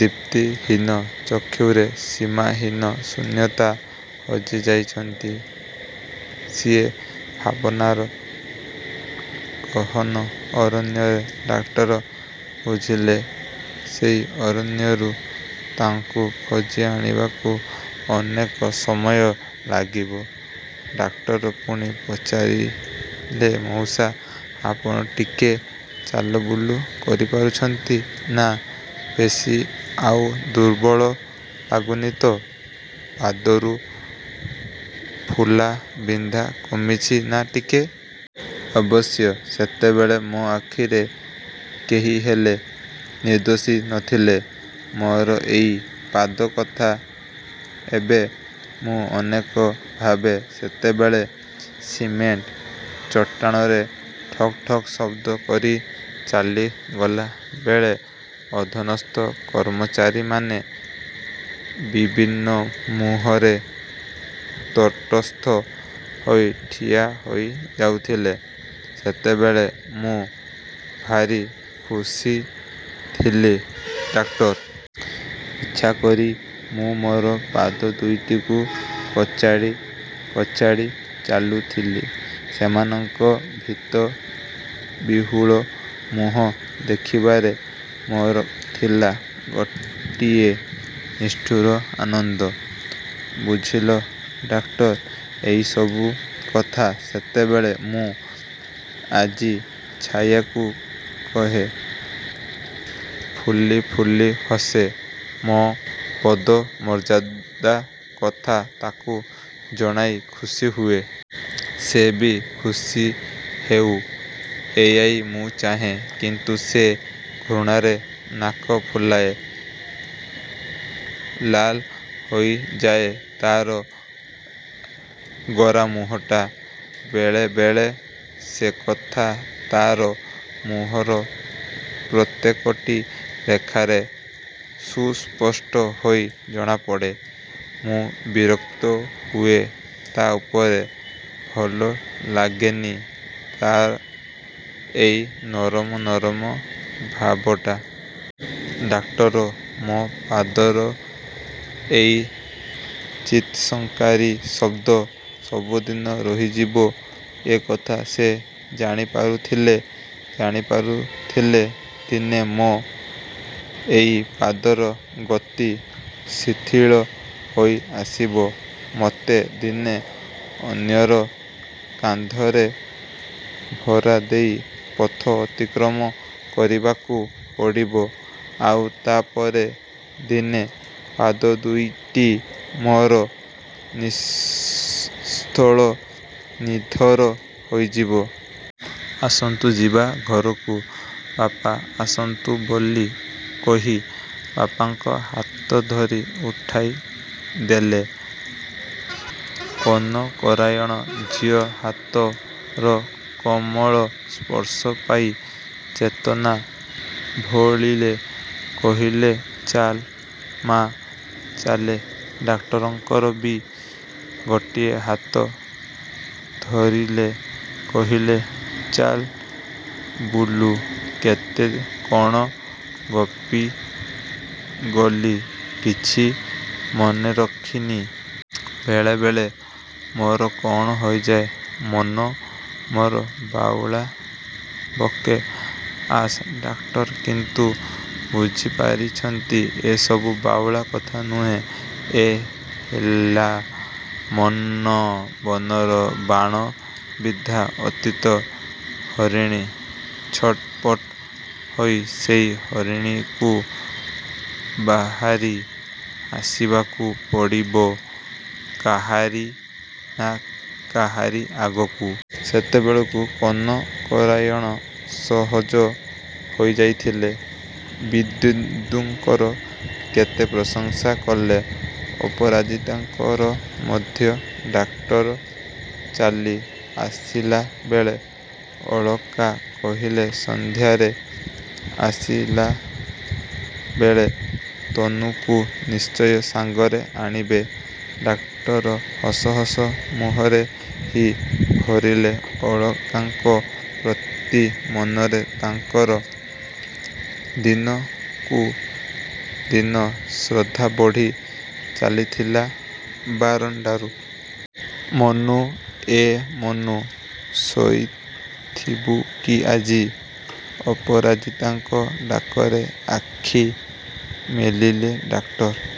ଦିପ୍ତିହୀନ ଚକ୍ଷୁରେ ସୀମାହୀନ ଶୂନ୍ୟତା। ହଜିଯାଇଛନ୍ତି। ସିଏ ଭାବନାର ଗହନ ଅରଣ୍ୟରେ। ଡାକ୍ତର ବୁଝିଲେ ସେଇ ଅରଣ୍ୟରୁ ତାଙ୍କୁ ଖୋଜିଆଣିବାକୁ ଅନେକ ସମୟ ଲାଗିବ। ଡାକ୍ତର ପୁଣି ପଚାରିଲେ ମଉସା, ଆପଣ ଟିକେ ଚାଲବୁଲ କରିପାରୁଛନ୍ତି ନା? ବେଶି ଆଉ ଦୁର୍ବଳ ଲାଗୁନି ତ? ପାଦରୁ ଫୁଲାବିନ୍ଧା କମିଛି ନା ଟିକେ? ଅବଶ୍ୟ ସେତେବେଳେ ମୋ ଆଖିରେ କେହିହେଲେ ନିର୍ଦ୍ଦୋଷୀ ନ ଥିଲେ। ମୋର ଏଇ ପାଦକଥା ଏବେ ମୁଁ ଅନେକ ଭାବେ। ସେତେବେଳେ ସିମେଣ୍ଟ ଚଟାଣରେ ଠକ୍ ଠକ୍ ଶବ୍ଦ କରି ଚାଲିଗଲାବେଳେ ଅଧିନସ୍ଥ କର୍ମଚାରୀମାନେ ବିବିର୍ଣ୍ଣ ମୁହଁରେ ତଟସ୍ଥ ହୋଇ ଠିଆ ହୋଇଯାଉଥିଲେ। ସେତେବେଳେ ମୁଁ ଭାରି ଖୁସିଥିଲି ଡାକ୍ତର। ଇଚ୍ଛାକରି ମୁଁ ମୋର ପାଦଦୁଇଟିକୁ କଚାଡ଼ି କଚାଡ଼ି ଚାଲୁଥିଲି। ସେମାନଙ୍କର ଭୀତବିହ୍ୱଳ ମୁହଁ ଦେଖିବାରେ ମୋର ଥିଲା ଗୋଟିଏ ନିଷ୍ଠୁର ଆନନ୍ଦ। ବୁଝିଲ ଡାକ୍ତର, ଏଇସବୁ କଥା ସେତେବେଳେ ମୁଁ ଆଜି ଛାୟାକୁ କହେ। ଫୁଲି ଫୁଲି ହସେ। ମୋ ପଦମର୍ଯ୍ୟାଦା କଥା ତାକୁ ଜଣାଇ ଖୁସିହୁଏ। ସେ ବି ଖୁସିହେଉ। ଏଇଆ ମୁଁ ଚାହେଁ। କିନ୍ତୁ ସେ ଘୃଣାରେ ନାକ ଫୁଲାଏ। ଲାଲ ହୋଇଯାଏ ତା'ର ଗୋରା ମୁହଁଟା। ବେଳେବେଳେ ସେକଥା ତା'ର ମୁହଁର ପ୍ରତ୍ୟେକଟି ରେଖାରେ ସୁସ୍ପଷ୍ଟ ହୋଇ ଜଣାପଡ଼େ। ମୁଁ ବିରକ୍ତ ହୁଏ ତା' ଉପରେ। ଭଲଲାଗେନି ତା'ର ଏଇ ନରମ ନରମ ଭାବଟା। ଡାକ୍ତର, ମୋ ପାଦର ଏଇ ଚିତ୍ତଶଙ୍କାକାରୀ ଶବ୍ଦ ସବୁଦିନେ ରହିବନି ଏ କଥା ସେ ଜାଣିପାରୁଥିଲେ। ଜାଣିପାରୁଥିଲେ ଦିନେ ମୋ ଏଇ ପାଦର ଗତି ଶିଥିଳ ହୋଇଆସିବ। ମୋତେ ଦିନେ ଅନ୍ୟର କାନ୍ଧରେ ଭରା ଦେଇ ପଥ ଅତିକ୍ରମ କରିବାକୁ ପଡ଼ିବ। ଆଉ ତା'ପରେ ଦିନେ ପାଦଦୁଇଟି ମୋର ନିଶ୍ଚଳ, ନିଥର ହୋଇଯିବ। ଆସନ୍ତୁ ଯିବା ଘରକୁ। ବାପା ଆସନ୍ତୁ ବୋଲି କହି ବାପାଙ୍କ ହାତ ଧରି ଉଠାଇଦେଲେ। କନକରାୟଣ ଝିଅ ହାତର କମଳ ସ୍ପର୍ଶ ପାଇ ଚେତନା ଭଳିଲେ। କହିଲେ ଚାଲେ ମା', ଚାଲେ। ଡାକ୍ଟରଙ୍କର ବି ଗୋଟିଏ ହାତ ଧରିଲେ। କହିଲେ, ଚାଲ ବୁଲୁ। କେତେ କ'ଣ ଗପିଗଲି କିଛି ମନେକରନି। ବେଳେବେଳେ ମୋର କ'ଣ ହୋଇଯାଏ। ମନ ମୋର ବାଉଳା ବକେ। ଆସ। ଡାକ୍ତର କିନ୍ତୁ ବୁଝିପାରିଛନ୍ତି ଏ ସବୁ ବାଉଳା କଥା ନୁହେଁ। ଏ ହେଲା ମନ ବନର ବାଣବିଦ୍ଧା ଅତୀତ ହରିଣୀ। ଛଟପଟ ହୋଇ ସେଇ ହରିଣୀକୁ ବାହାରି ଆସିବାକୁ ପଡ଼ିବ କାହାରି ନା କାହାରି ଆଗକୁ। ସେତେବେଳକୁ କନକନରାୟଣ ସହଜ ହୋଇଯାଇଥିଲେ। ବିଦେନ୍ଦୁଙ୍କର କେତେ ପ୍ରଶଂସା କଲେ। ଅପରାଜିତାଙ୍କର ମଧ୍ୟ। ଡାକ୍ଟର ଚାଲି ଆସିଲାବେଳେ ଅଳକା କହିଲେ ସନ୍ଧ୍ୟାରେ ଆସିଲାବେଳେ ତନୁକୁ ନିଶ୍ଚୟ ସାଙ୍ଗରେ ଆଣିବେ। ଡାକ୍ତର ହସ ହସ ମୁହଁରେ ହଁ ଭରିଲେ। ଅଳକାଙ୍କ ପ୍ରତି ମନରେ ତାଙ୍କର ଦିନକୁଦିନ ଶ୍ରଦ୍ଧା ବଢ଼ି ଚାଲିଥିଲା। ବାରଣ୍ଡାରୁ ମନୁ, ଏ ମନୁ, ଶୋଇଥିବୁ କି ଆଜି? ଅପରାଜିତାଙ୍କ ଡାକରେ ଆଖି ମେଲିଲେ ଡାକ୍ଟର।